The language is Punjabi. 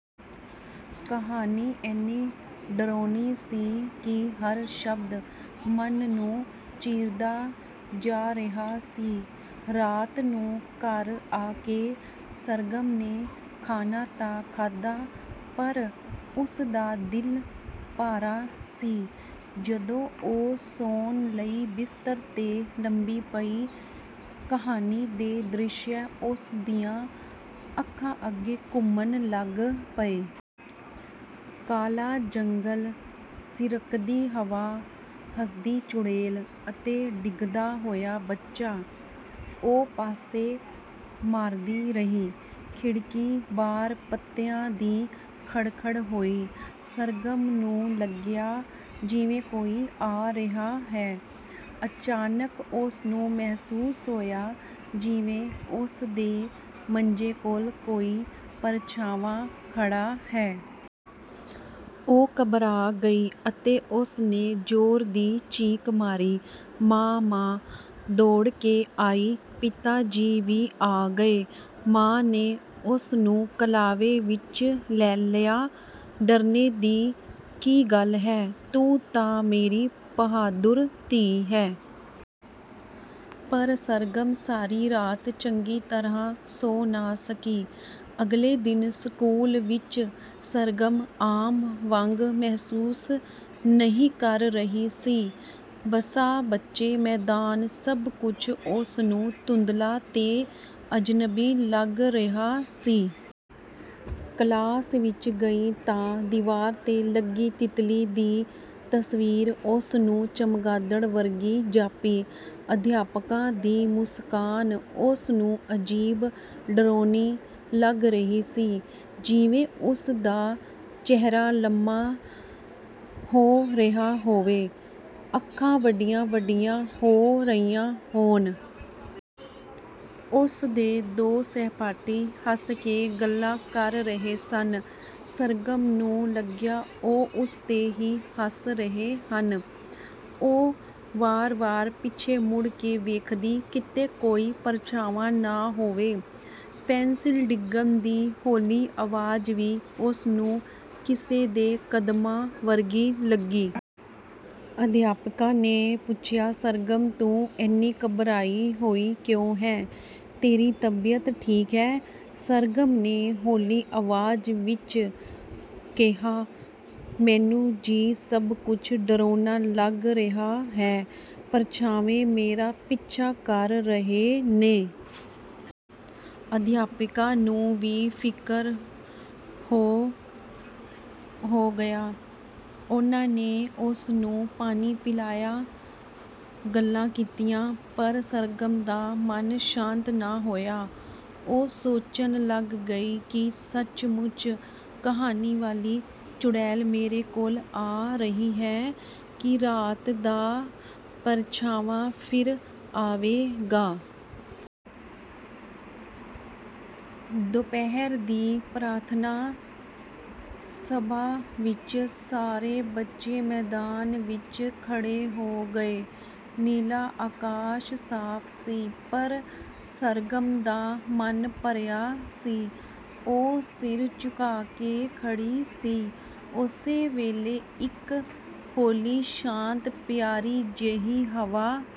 ਕਹਾਣੀ ਐਨੀ ਡਰਾਉਣੀ ਸੀ ਕਿ ਹਰ ਸ਼ਬਦ ਮਨ ਨੂੰ ਚੀਰਦਾ ਜਾ ਰਿਹਾ ਸੀ। ਰਾਤ ਨੂੰ ਘਰ ਆ ਕੇ ਸਰਗਮ ਨੇ ਖਾਣਾ ਤਾਂ ਖਾਧਾ, ਪਰ ਉਸਦਾ ਦਿਲ ਭਾਰਾ ਸੀ। ਜਦੋਂ ਉਹ ਸੌਣ ਲਈ ਬਿਸਤਰ 'ਤੇ ਲੰਮੀ ਪਈ, ਕਹਾਣੀ ਦੇ ਦ੍ਰਿਸ਼ ਉਸ ਦੀਆਂ ਅੱਖਾਂ ਅੱਗੇ ਘੁੰਮਣ ਲੱਗ ਪਏ। ਕਾਲ਼ਾ ਜੰਗਲ਼, ਸਿਸਕਦੀ ਹਵਾ, ਹੱਸਦੀ ਚੁੜੇਲ ਅਤੇ ਡਿੱਗਦਾ ਹੋਇਆ ਬੱਚਾ। ਉਹ ਪਾਸੇ ਮਾਰਦੀ ਰਹੀ। ਖਿੜਕੀ ਬਾਹਰ ਪੱਤਿਆਂ ਦੀ ਖੜਖੜ ਹੋਈ। ਸਰਗਮ ਨੂੰ ਲੱਗਿਆ ਜਿਵੇਂ ਕੋਈ ਆ ਰਿਹਾ ਹੈ। ਅਚਾਨਕ ਉਸਨੂੰ ਮਹਿਸੂਸ ਹੋਇਆ ਜਿਵੇਂ ਉਸਦੇ ਮੰਜੇ ਕੋਲ਼ ਕੋਈ ਪਰਛਾਂਵਾਂ ਖੜ੍ਹਾ ਹੈ। ਉਹ ਘਬਰਾ ਗਈ ਅਤੇ ਉਸਨੇ ਜ਼ੋਰ ਦੀ ਚੀਕ ਮਾਰੀ "ਮਾਂ! " ਮਾਂ ਦੌੜ ਕੇ ਆਈ, ਪਿਤਾ ਜੀ ਵੀ ਆ ਗਏ। ਮਾਂ ਨੇ ਉਸਨੂੰ ਕਲ਼ਾਵੇ ਵਿੱਚ ਲੈ ਲਿਆ। "ਡਰਨ ਦੀ ਕੀ ਗੱਲ ਹੈ? ਤੂੰ ਤਾਂ ਮੇਰੀ ਬਹਾਦੁਰ ਧੀ ਹੈ।" ਪਰ ਸਰਗਮ ਸਾਰੀ ਰਾਤ ਚੰਗੀ ਤਰ੍ਹਾਂ ਸੌਂ ਨਾ ਸਕੀ। ਅਗਲੇ ਦਿਨ ਸਕੂਲ ਵਿੱਚ ਸਰਗਮ ਆਮ ਵਾਂਗ ਮਹਿਸੂਸ ਨਹੀਂ ਕਰ ਰਹੀ ਸੀ। ਬੱਸਾਂ, ਬੱਚੇ, ਮੈਦਾਨ ਸਭ ਕੁਝ ਉਸਨੂੰ ਧੁੰਦਲ਼ਾ ਤੇ ਅਜਨਬੀ ਲੱਗ ਰਿਹਾ ਸੀ। ਕਲਾਸ ਵਿੱਚ ਗਈ ਤਾਂ ਦੀਵਾਰ 'ਤੇ ਲੱਗੀ ਤਿਤਲੀ ਦੀ ਤਸਵੀਰ ਉਸਨੂੰ ਚਮਗਿੱਦੜ ਵਰਗੀ ਜਾਪੀ। ਅਧਿਆਪਕਾ ਦੀ ਮੁਸਕਾਨ ਉਸਨੂੰ ਅਜੀਬ ਡਰਾਉਣੀ ਲੱਗ ਰਹੀ ਸੀ ਜਿਵੇਂ ਉਸਦਾ ਚਿਹਰਾ ਲੰਮਾ ਹੋ ਰਿਹਾ ਹੋਵੇ, ਅੱਖਾਂ ਵੱਡੀਆਂ-ਵੱਡੀਆਂ ਹੋ ਰਹੀਆਂ ਹੋਣ। ਉਸਦੇ ਦੋ ਸਹਿਪਾਠੀ ਹੱਸ ਕੇ ਗੱਲਾਂ ਕਰ ਰਹੇ ਸਨ, ਪਰ ਸਰਗਮ ਨੂੰ ਲੱਗਿਆ ਉਹ ਉਸ 'ਤੇ ਹੀ ਹੱਸ ਰਹੇ ਹਨ। ਉਹ ਵਾਰ-ਵਾਰ ਪਿੱਛੇ ਮੁੜ ਕੇ ਵੇਖਦੀ ਕਿਤੇ ਕੋਈ ਪਰਛਾਵਾਂ ਨਾ ਹੋਵੇ। ਪੈਂਸਿਲ ਡਿੱਗਣ ਦੀ ਹੌਲ਼ੀ ਆਵਾਜ਼ ਵੀ ਉਸਨੂੰ ਕਿਸੇ ਦੇ ਕਦਮਾਂ ਵਰਗੀ ਲੱਗੀ। ਅਧਿਆਪਿਕਾ ਨੇ ਪੁੱਛਿਆ, "ਸਰਗਮ, ਤੂੰ ਇੰਨੀ ਘਬਰਾਈ ਹੋਈ ਕਿਉਂ ਹੈਂ, ਤੇਰੀ ਤਬੀਅਤ ਠੀਕ ਹੈ?" ਸਰਗਮ ਨੇ ਹੌਲ਼ੀ ਆਵਾਜ਼ ਵਿੱਚ ਕਿਹਾ, "ਮੈਨੂੰ ਜੀ ਸਭ ਕੁਝ ਡਰਾਉਣਾ ਲੱਗ ਰਿਹਾ ਹੈ, ਪਰਛਾਵੇਂ ਮੇਰਾ ਪਿੱਛਾ ਕਰ ਰਹੇ ਨੇ।" ਅਧਿਆਪਿਕਾ ਨੂੰ ਵੀ ਫਿਕਰ ਹੋ ਗਿਆ। ਉਹਨਾਂ ਨੇ ਉਸਨੂੰ ਪਾਣੀ ਪਿਲਾਇਆ, ਗੱਲਾਂ ਕੀਤੀਆਂ, ਪਰ ਸਰਗਮ ਦਾ ਮਨ ਸ਼ਾਂਤ ਨਾ ਹੋਇਆ। ਉਹ ਸੋਚਣ ਲੱਗੀ ਕੀ ਸੱਚਮੁੱਚ ਕਹਾਣੀ ਵਾਲ਼ੀ ਚੁੜੇਲ ਮੇਰੇ ਕੋਲ਼ ਆ ਰਹੀ ਹੈ, ਕੀ ਰਾਤ ਦਾ ਪਰਛਾਵਾਂ ਫਿਰ ਆਵੇਗਾ? ਦੁਪਹਿਰ ਦੀ ਪ੍ਰਾਰਥਨਾ ਸਭਾ ਵਿੱਚ ਸਾਰੇ ਬੱਚੇ ਮੈਦਾਨ ਵਿੱਚ ਖੜ੍ਹੇ ਹੋ ਗਏ। ਨੀਲਾ ਆਕਾਸ਼ ਸਾਫ ਸੀ, ਪਰ ਸਰਗਮ ਦਾ ਮਨ ਭਾਰਾ ਸੀ। ਉਹ ਸਿਰ ਝੁਕਾ ਕੇ ਖੜ੍ਹੀ ਸੀ। ਉਸੇ ਵੇਲ਼ੇ ਇਕ ਹੌਲ਼ੀ, ਸ਼ਾਂਤ, ਪਿਆਰੀ ਜਿਹੀ ਹਵਾ